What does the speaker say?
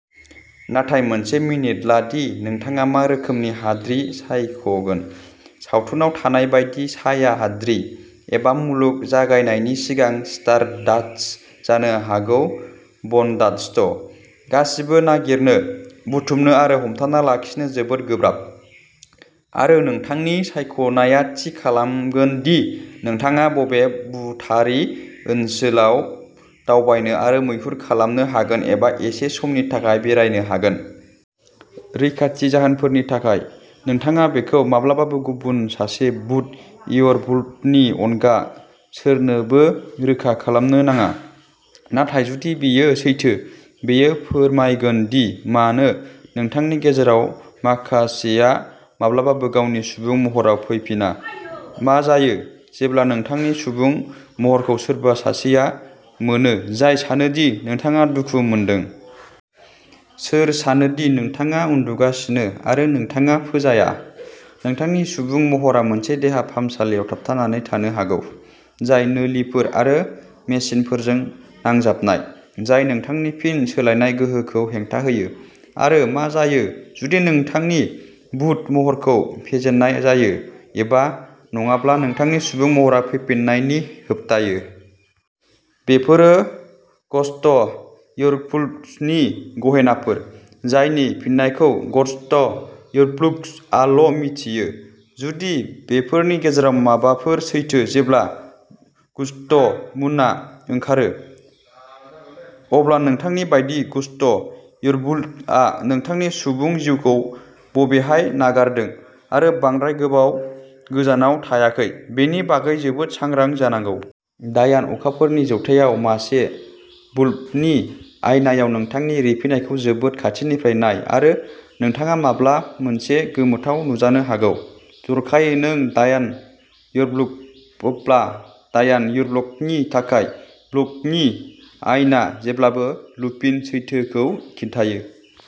नाथाय मोनसे मिनिट ला दि नोंथाङा मा रोखोमनि हाद्रि सायखगोन? सावथुनाव थानाय बायदि साया हाद्रि? एबा मुलुग जागायनायनि सिगांनि स्टारडास्ट? जानो हागौ बनडास्ट? गासिबो नागिरनो, बुथुमनो आरो हमथाना लाखिनो जोबोद गोब्राब। आरो नोंथांनि सायख'नाया थि खालामगोन दि नोंथाङा बबे भुतारि ओनसोलाव दावबायनो आरो मैहुर खालामनो हागोन-एबा एसे समनि थाखाय बेरायनो हागोन। रैखाथि जाहोनफोरनि थाखाय, नोंथाङा बेखौ माब्लाबाबो गुबुन सासे भुत वेयरवुल्फनि अनगा सोरनोबो रोखा खालामनो नाङा, नाथाय जुदि बेयो सैथो, बेयो फोरमायगोन दि मानो नोंथांनि गेजेराव माखासेआ माब्लाबाबो गावनि सुबुं महराव फैफिना। मा जायो जेब्ला नोंथांनि सुबुं महरखौ सोरबा सासेआ मोनो जाय सानो दि नोंथाङा दुखु मोनदों? सोर सानो दि नोंथाङा उन्दुगासिनो आरो नोंथाङा फोजाया? नोंथांनि सुबुं महरआ मोनसे देहा फाहामसालियाव थाबथानानै थानो हागौ, जाय नोलिफोर आरो मेसिनफोरजों नांजाबनाय, जाय नोंथांनि फिन सोलायनाय गोहोखौ हेंथा होयो। आरो मा जायो जुदि नोंथांनि भुत महरखौ फेजेननाय जायो एबा नङाब्ला नोंथांनि सुबुं महराव फैफिन्नायनिफ्राय होबथायो? बेफोरो ग'स्ट वेयरवुल्व्सनि गहेनाफोर, जायनि फिननायखौ ग'स्ट वेयरवुल्व्सआल'मिथियो। जुदि बेफोरनि गेजेराव माबाफोर सैथो, जेब्ला ग'स्ट मुनआ ओंखारो, अब्ला नोंथांनि बायदि ग'स्ट वेयरवुल्वआ नोंथांनि सुबुं जिउखौ बबेहाय नागारदों आरो बांद्राय गोबाव गोजानाव थायाखै बेनि बागै जोबोद सांग्रां जानांगौ। डायान अखाफोरनि जौथायाव मासे वुल्फनि आयनायाव नोंथांनि रिफिनायखौ जोबोद खाथिनिफ्राय नाय आरो नोंथाङा माबा मोनसे गोमोथाव नुजानो हागौ। जर'खायै नों डायान वेयरवुल्फब्ला। डायान वेयरवुल्फनि थाखाय, वुल्फनि आइना जेब्लाबो लुपिन सैथोखौ खिन्थायो।